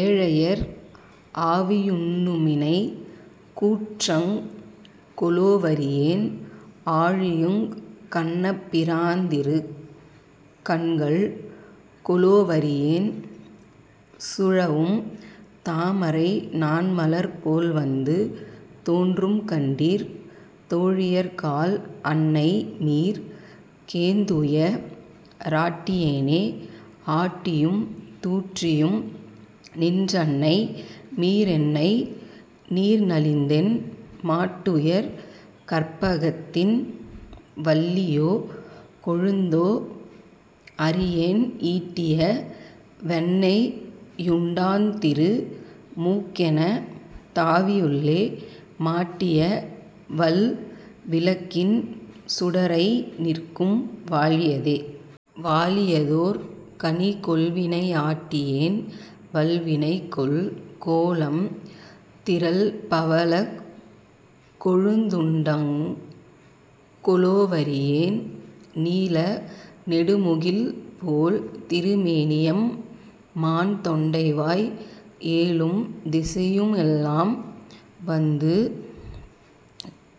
ஏழையர் ஆவியுண் ணுமிணைக் கூற்றங்கொ லோவறியேன், ஆழியுங் கண்ண பிராந்திருக் கண்கள்கொ லோவறியேன், சூழவும் தாமரை நாண்மலர் போல்வந்து தோன்றும்கண்டீர், தோழியர் காள். அன்னை மீர். கேந்துய ராட்டியேனே?. ஆட்டியும் தூற்றியும் நின்றன்னை மீரென்னை நீர்நலிந்தென்? மாட்டுயர் கற்பகத் தின்வல்லி யோகொழுந் தோ? அறியேன், ஈட்டிய வெண்ணெயுண் டாந்திரு மூக்கென தாவியுள்ளே, மாட்டிய வல்விளக் கின் சுடரய்நிற்கும் வாலியதே.. வாலிய தோர்கனி கொல்வினை யாட்டியேன் வல்வினைகொல், கோலம் திரள்பவ ளக்கொழுந் துண்டங்கொ லோவறியேன், நீல நெடுமுகில் போல்திரு மேனியம் மான்தொண்டைவாய், ஏலும் திசையுளெல் லாம்வந்து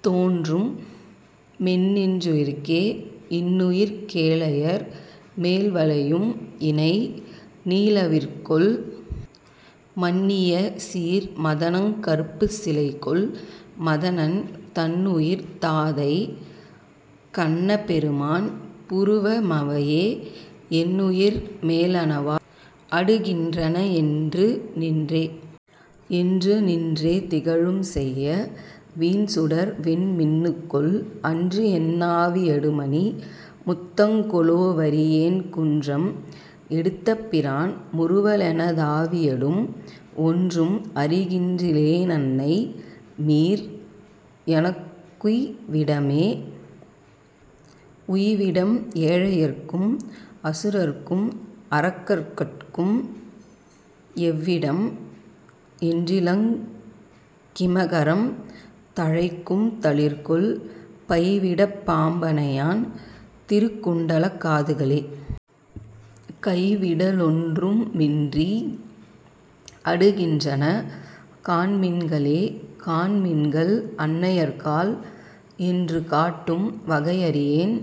தோன்றுமென் னின்னுயிர்க்கே.. இன்னுயிர்க் கேழையர் மேல்வளையும் இணை நீலவிற்கொல், மன்னிய சீர்மத னங்கருப்புச் சிலை கொல், மதனன் தன்னுயிர்த் தாதைகண் ணபெருமான் புரு வமவையே, என்னுயிர் மேலன வாய் அடுகின்றன என்று நின்றே.. என்று நின்றேதிக ழும்செய்ய வீன்சுடர் வெண்மின்னுக்கொல், அன்றியென் னாவி யடுமணி முத்தங்கொ லோவறியேன், குன்றம் எடுத்தபி ரான் முறுவலெனதாவியடும், ஒன்றும் அறிகின்றி லேனன்னை மீர். எனக் குய்விடமே.. உய்விடம் ஏழையர்க் கும் அசுரர்க்கும் அரக்கர்கட்கும் எவ்விடம்? என்றிலங் கிமகரம் தழைக் கும்தளிர்கொல், பைவிடப் பாம்பணை யான் திருக்குண்டலக் காதுகளே? கைவிட லொன்றுமின் றிய் அடுகின்றன காண்மின்களே.. காண்மின்கள் அன்னையர் காள். என்று காட்டும் வகையறியேன்,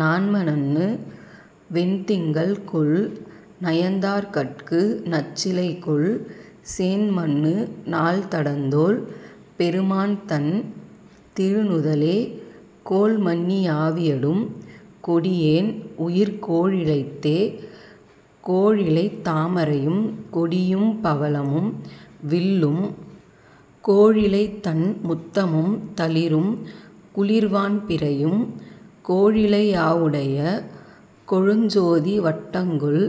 நாண்மன்னு வெண்திங்கள் கொல். நயந்தார்கட்கு நச்சிலைகொல், சேண்மன்னு நால்தடந் தோள் பெருமான்தன் திருநுதலே?, கோள்மன்னி யாவி யடும்கொடியேன் உயிர் கோளிழைத்தே.. கோளிழைத் தாமரையும் கொடியும் பவளமும் வில்லும், கோளிழைத்தண் முத்தமும் தளிரும் குளிர்வான் பிறையும், கோளிழையாவுடைய கொழுஞ் சோதி வட்டங்கொல்,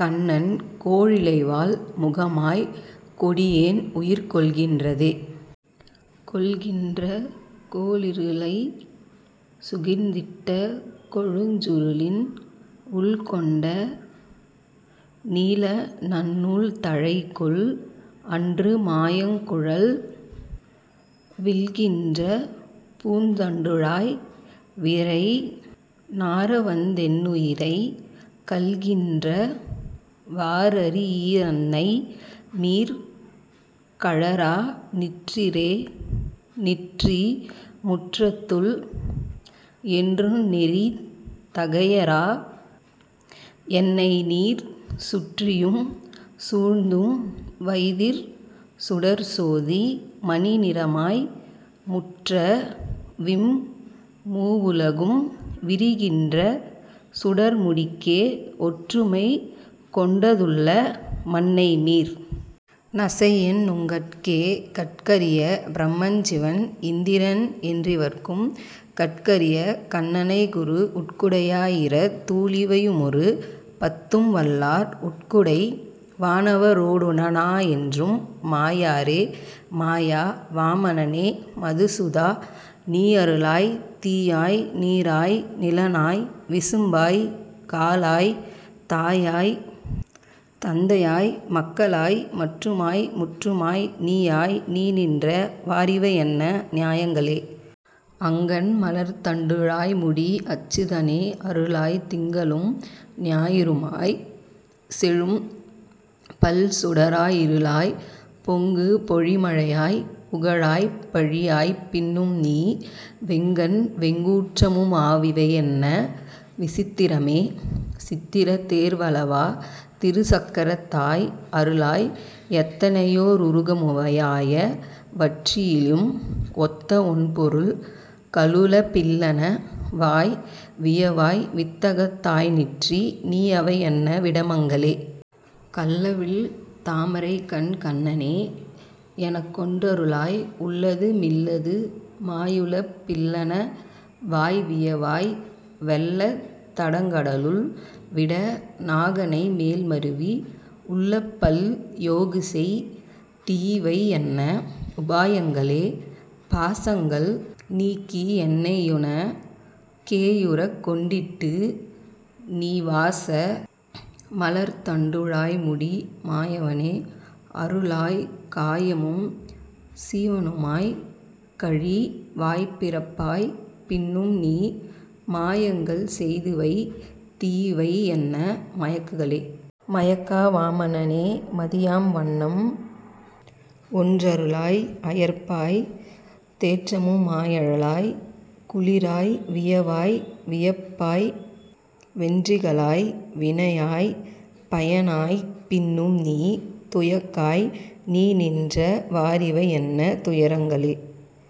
கண்ணன், கோளிழைவாள் முகமாய்க் கொடியேன் உயிர் கொள்கின்றதே?. கொள்கின்ற கோளிரு ளைச்சுகிர்ந் திட்ட கொழுஞ்சுருளின், உள்கொண்ட நீலநன் னூல்தழை கொல்? அன்று மாயங்குழல், விள்கின்ற பூந்தண் டுழாய்விரை நாறவந் தென்னுயிரை, கள்கின்ற வாறறி யீரன்னை மீர். கழ றாநிற்றிரே.. நிற்றிமுற் றத்துள் என் றுநெரித் தகைய ராயென்னைநீர் சுற்றியும் சூழ்ந்தும் வைதிர்சுடர்ச் சோதி மணிநிறமாய், முற்றவிம் மூவுல கும்விரி கின்ற சுடர்முடிக்கே, ஒற்றுமைக் கொண்டதுள் ளமன்னை மீர். நசை யென்நுங்கட்கே? கட்கரி யபிர மஞ்சிவன் இந்திரன் என்றிவர்க்கும், கட்கரி யகண்ண னைக்குரு, உட்குடை யாயிரத் தூளிவை யுமொரு பத்தும்வல்லார், உட்குடை வானவ ரோடுட னாயென்றும் மாயாரே. மாயா. வாமன னே. மது சூதா. நீயருளாய், தீயாய் நீராய் நிலனாய் விசும்பாய்க் காலாய், தாயாய் தந்தையாய் மக்களாய் மற்றுமாய் முற்றுமாய், நீயாய் நீநின்ற வாறிவை யென்ன நியாயங்களே.. அங்கண் மலர்த்தண் டுழாய்முடி அச்சுத னே. அருளாய், திங்களும் ஞாயிறு மாய்ச்செழும் பல்சுட ராயிருளாய், பொங்கு பொழிமழை யாய்ப்புக ழாய்பழி யாய்ப்பின்னும்நீ, வெங்கண்வெங் கூற்றமு மாவிவை யென்ன விசித்திரமே.. சித்திரத் தேர்வல வா. திருச் சக்கரத் தாய். அருளாய், எத்தனை யோருக முமவை யாயவற் றுள்ளியுலும், ஒத்தவொண் பொருள் களுலப் பில்லன வாய்வியவாய், வித்தகத் தாய்நிற்றி நீயவை யென்ன விடமங்களே.. கள்ளவிழ் தாமரைக்கண்கண்ண னே. எனக் கொன்றருளாய், உள்ளது மில்லது மாயுலப் பில்லன வாய்வியவாய், வெள்ளத் தடங்கட லுள்விட நாகணை மேல்மருவி, உள்ளப்பல் யோகுசெய் தியிவை யென்ன உபாயங்களே.. பாசங்கள் நீக்கியென் னையுனக் கேயுறக் கொண்டிட்டு, நீ வாச மலர்த்தண் டுழாய்முடி மாயவ னே. அருளாய், காயமும் சீவனு மாய்க்கழி வாய்ப்பிறப் பாய்ப்பின்னும்நீ, மாயங்கள்செய்துவைத் தியிவை யென்ன மயக்குகளே.. மயக்கா. வாமன னே. மதி யாம்வண்ணம் ஒன்றருளாய், அயர்ப்பாய்த் தேற்றமு மாயழ லாய்க்குளி ராய்வியவாய், வியப்பாய் வென்றிகளாய்வினை யாய்ப்பய னாய்ப்பின்னும்நீ, துயக்காய் நீநின்ற வாறிவை யென்ன துயரங்களே..